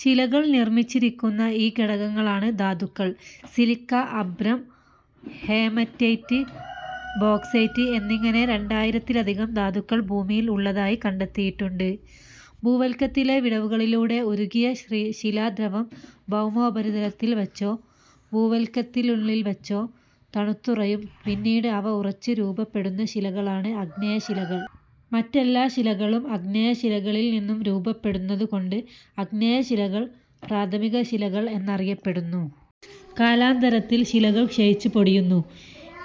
ശിലകൾ നിർമ്മിച്ചിരിക്കുന്ന ഈ ഘടകങ്ങളാണ് ധാതുക്കൾ. സിലിക്ക, അഭ്രം, ഹേമറ്റൈറ്റ്, ബോക്സൈറ്റ് എന്നിങ്ങനെ രണ്ടായിരത്തിലധികം ധാതുക്കൾ ഭൂമിയിൽ ഉള്ളതായി കണ്ടെത്തിയിട്ടുണ്ട്. ഭൂവൽക്കത്തിലെ വിടവുകളിലൂടെ ഉരുകിയ ശിലാദ്രവം ഭൗമോപരിതലത്തിൽ വച്ചോ ഭൂവല്ക്കത്തിനുള്ളിൽ വച്ചോ തണുത്തുറയും പിന്നീട് അവ ഉറച്ച് രൂപപ്പെടുന്ന ശിലകളാണ് ആഗ്നേയശിലകൾ. മറ്റെല്ലാ ശിലകളും ആഗ്നേയ ശിലകൾക്കളിൽ നിന്നും രൂപപ്പെടുന്നതുകൊണ്ട് ആഗ്നേയശിലകൾ പ്രാഥമിക ശിലകൾ എന്നറിയപ്പെടുന്നു. കാലാന്തരത്തിൽ ശിലകൾ ക്ഷയിച്ച് പൊടിയുന്നു.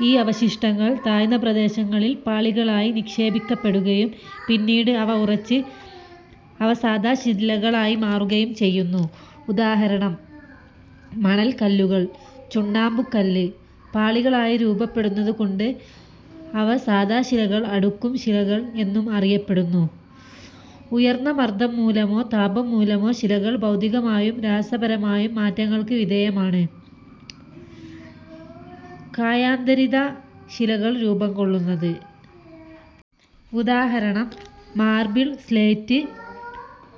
ഈ അവസാദങ്ങൾ താഴ്ന്ന പ്രദേശങ്ങളിൽ പാളികളായി നിക്ഷേപിക്കപ്പെടുകയും പിന്നീട് അവ ഉറച്ച് അവസാദ ശിലകളായി മാറുകയും ചെയ്യുന്നു. ഉദാഹരണം: മണൽകല്ലു, ചുണ്ണാമ്പുകല്ല്. പാളികളായി രൂപപ്പെടുന്നതുകൊണ്ടു അവസാദശിലകൾ അടുക്കു ശിലകൾ എന്നും അറിയപ്പെടുന്നു. ഉയർന്ന മർദം മൂലമോ താപം മൂലമോ ശിലകൾ ഭൗതികമായും രാസപരമായും മാറ്റങ്ങൾക്ക് വിധേയമായാണ് കായാന്തരിത ശിലകൾ രൂപം കൊള്ളുന്നത്. ഉദാ: മാർബിൾ, സ്ലേറ്റ്.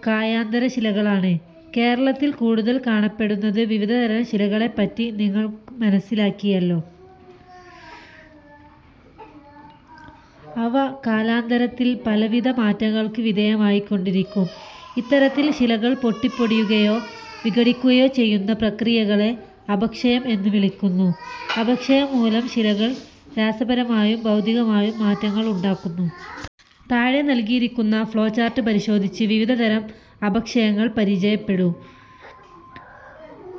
കായാന്തര ശിലകളാണ് കേരളത്തിൽ കൂടുതൽ കാണപ്പെടുന്നത്. വിവിധതരം ശിലകളെപ്പറ്റി നിങ്ങൾ മനസ്സിലാക്കിയല്ലോ. അവ കാലാന്തരത്തിൽ പലവിധ മാറ്റങ്ങൾക്ക് വിധേയമായിക്കൊണ്ടിരിക്കും. ഇത്തരത്തിൽ ശിലകൾ പൊട്ടിപ്പൊടിയുകയോ വിഘടിക്കുകയോ ചെയ്യുന്ന പ്രക്രിയകളെ അപക്ഷയം എന്നു വിളിക്കുന്നു. അപക്ഷയം മൂലം ശിലകൾക്ക് രാസപരമായും ഭൗതികമായും മാറ്റങ്ങൾ ഉണ്ടാകുന്നു. താഴെ നൽകിയിരിക്കുന്ന ഫ്ളോ ചാർട്ട് പരിശോധിച്ച് വിവിധ തരം അപക്ഷയങ്ങൾ പരിചയപ്പെടൂ.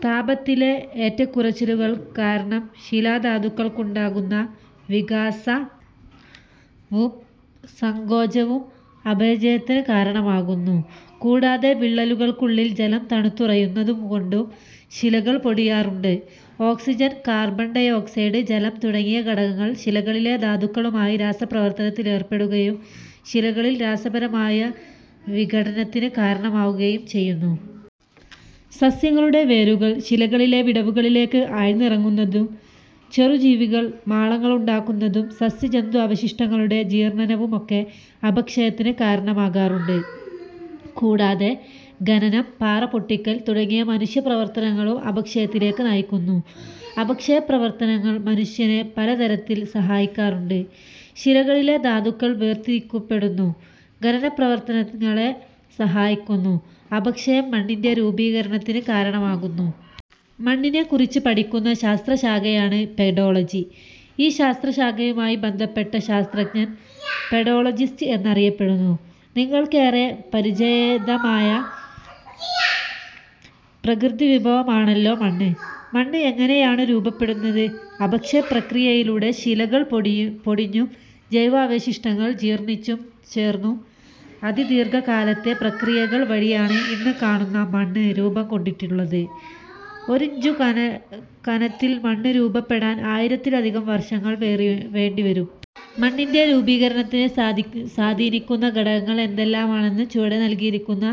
താപത്തിലെ ഏറ്റക്കുറച്ചിലുകൾ കാരണം ശിലാ ധാതുക്കൾക്കുണ്ടാകുന്ന വികാസവും സങ്കോചവും അപക്ഷയത്തിന് കാരണമാകുന്നു. കൂടാതെ വിള്ളലു കൾക്കുള്ളിൽ ജലം തണുത്തുറയുന്നതു കൊണ്ടും ശിലകൾ പൊടിയാറുണ്ട്. ഓക്സിജൻ, കാർബൺ ഡയോക്സൈഡ്, ജലം തുടങ്ങിയ ഘടകങ്ങൾ ശിലകളിലെ ധാതുക്കളുമായി രാസപ്രവർത്തനത്തിലേർപ്പെടുകയും ശിലകളിൽ രാസപരമായ വിഘടനത്തിന് കാരണമാവുകയും ചെയ്യുന്നു. സസ്യങ്ങളുടെ വേരുകൾ ശിലകളിലെ വിടവുകളിലേക്ക് ആഴ്ന്നിറങ്ങുന്നതും ചെറുജീവികൾ മാളങ്ങളുണ്ടാക്കുന്നതും സസ്യജന്തു അവശിഷ്ടങ്ങളുടെ ജീർണ്ണനവുമൊക്കെ അപക്ഷയത്തിന് കാരണമാകാറുണ്ട്. കൂടാതെ ഖനനം, പാറ പൊട്ടിക്കൽ തുടങ്ങിയ മനുഷ്യപ്രവർത്തനങ്ങളും അപക്ഷയത്തിലേക്ക് നയിക്കുന്നു. അപക്ഷയപ്രവർത്തനങ്ങൾ മനുഷ്യനെ പലതരത്തിൽ സഹായിക്കാറുണ്ട്. ശിലകളിലെ ധാതുക്കൾ വേർതിരിക്കപ്പെടുന്നു. ഖനനപ്രവർത്തനങ്ങളെ സഹായിക്കുന്നു. അപക്ഷയം മണ്ണിന്റെ രൂപീകരണത്തിന് കാരണമാകുന്നു. മണ്ണിനെക്കുറിച്ച് പഠിക്കുന്ന ശാസ്ത്രശാഖയാണ് പെഡോളജി. ഈ ശാസ്ത്ര ശാഖയുമായി ബന്ധപ്പെട്ട ശാസ്ത്രജ്ഞൻ പെഡോളജിസ്റ്റ് എന്നറിയപ്പെടുന്നു. നിങ്ങൾക്കേറെ പരിചിതമായ പ്രകൃതിവിഭവമാണല്ലോ മണ്ണ്. മണ്ണ് എങ്ങനെയാണ് രൂപപ്പെടുന്നത്? അപക്ഷയ പ്രക്രിയയിലൂടെ ശിലകൾ പൊടിഞ്ഞും ജൈവാവശിഷ്ടങ്ങൾ ജീർണിച്ചു ചേർന്നും അതിദീർഘകാലത്തെ പ്രക്രിയകൾ വഴിയാണ് ഇന്ന് കാണുന്ന മണ്ണ് രൂപംകൊണ്ടിട്ടുള്ളത്. ഒരിഞ്ചു കനത്തിൽ മണ്ണ് രൂപപ്പെടാൻ ആയിരത്തിലധികം വർഷങ്ങൾ വേണ്ടിവരും. മണ്ണിന്റെ രൂപീകരണത്തെ സ്വാധീനിക്കുന്ന ഘടകങ്ങൾ ഏതെല്ലാമെന്ന് ചുവടെ നൽകിയിരിക്കുന്ന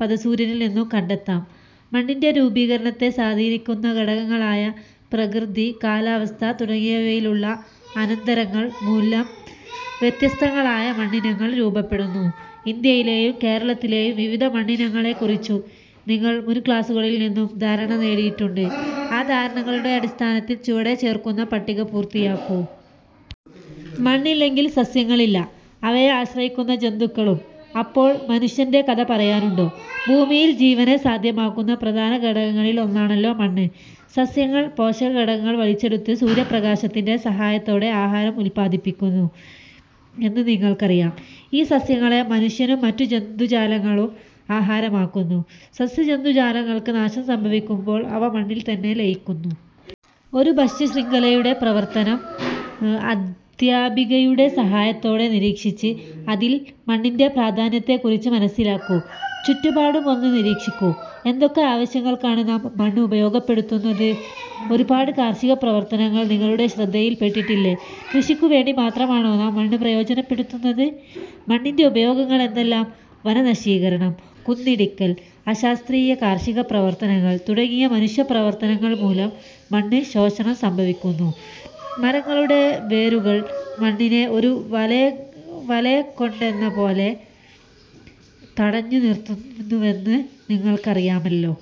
പദസൂര്യനിൽനിന്നും കണ്ടെത്തൂ. മണ്ണിന്റെ രൂപീകരണത്തെ സ്വാധീനിക്കുന്ന ഘടകങ്ങളായ ഭൂപ്രകൃതി, കാലാവസ്ഥ തുടങ്ങിയവയിലുള്ള അന്തരങ്ങൾ മൂലം വ്യത്യസ്തങ്ങളായ മണ്ണിനങ്ങൾ രൂപപ്പെടുന്നു. ഇന്ത്യയിലെയും കേരളത്തിലെയും വിവിധ മണ്ണിനങ്ങളെക്കുറിച്ച് നിങ്ങൾ മുൻക്ലാസ്സുകളിൽ നിന്നും ധാരണ നേടിയിട്ടുണ്ട്. ആ ധാരണകളുടെ അടിസ്ഥാനത്തിൽ ചുവടെ ചേർക്കുന്ന പട്ടിക പൂർത്തിയാക്കൂ. മണ്ണില്ലെങ്കിൽ സസ്യങ്ങളില്ല അവയെ ആശ്രയിക്കുന്ന ജന്തുക്കളും. അപ്പോൾ മനുഷ്യന്റെ കഥ പറയാനുണ്ടോ? ഭൂമിയിൽ ജീവനെ സാധ്യമാക്കുന്ന പ്രധാന ഘടകങ്ങളിൽ ഒന്നാണല്ലോ മണ്ണ്. സസ്യങ്ങൾ മണ്ണിലെ പോഷകഘടകങ്ങൾ വലിച്ചെടുത്ത് സൂര്യപ്രകാശത്തിന്റെ സഹായത്തോടെ ആഹാരം ഉല്പാദിപ്പിക്കുന്നു എന്ന് നിങ്ങൾക്കറിയാം. ഈ സസ്യങ്ങളെ മനുഷ്യനും മറ്റു ജന്തുജാലങ്ങളും ആഹാരമാക്കുന്നു. സസ്യജന്തുജാലങ്ങൾക്ക് നാശം സംഭവിക്കുമ്പോൾ അവ മണ്ണിൽ തന്നെ ലയിക്കുന്നു. ഒരു ഭക്ഷ്യശൃംഖലയുടെ പ്രവർത്തനം അധ്യാപികയുടെ സഹായത്തോടെ നിരീക്ഷിച്ച് അതിൽ മണ്ണിന്റെ പ്രാധാന്യത്തെക്കുറിച്ച് മനസ്സിലാക്കൂ. ചുറ്റുപാടുമൊന്ന് നിരീക്ഷിക്കൂ. എന്തൊക്കെ ആവശ്യങ്ങൾക്കാണ് നാം മണ്ണ് ഉപയോഗപ്പെടുത്തുന്നത്? ഒരുപാട് കാർഷിക പ്രവർത്തനങ്ങൾ നിങ്ങളുടെ ശ്രദ്ധയിൽപ്പെട്ടില്ലേ? കൃഷിക്കുവേണ്ടി മാത്രമാണോ നാം മണ്ണ് പ്രയോജനപ്പെടുത്തുന്നത്? മണ്ണിന്റെ ഉപയോഗങ്ങൾ എന്തെല്ലാം? വനനശീകരണം, കുന്നിടിക്കൽ, അശാസ്ത്രീയ കാർഷിക പ്രവർത്തനങ്ങൾ തുടങ്ങിയ മനുഷ്യപ്രവർത്തനങ്ങൾ മൂലം മണ്ണിന് ശോഷണം സംഭവിക്കുന്നു. മരങ്ങളുടെ വേരുകൾ മണ്ണിനെ ഒരു വലകൊണ്ടെന്നപോലെ തടഞ്ഞുനിർത്തുന്നുവെന്ന് നിങ്ങൾക്കറിയാമല്ലോ.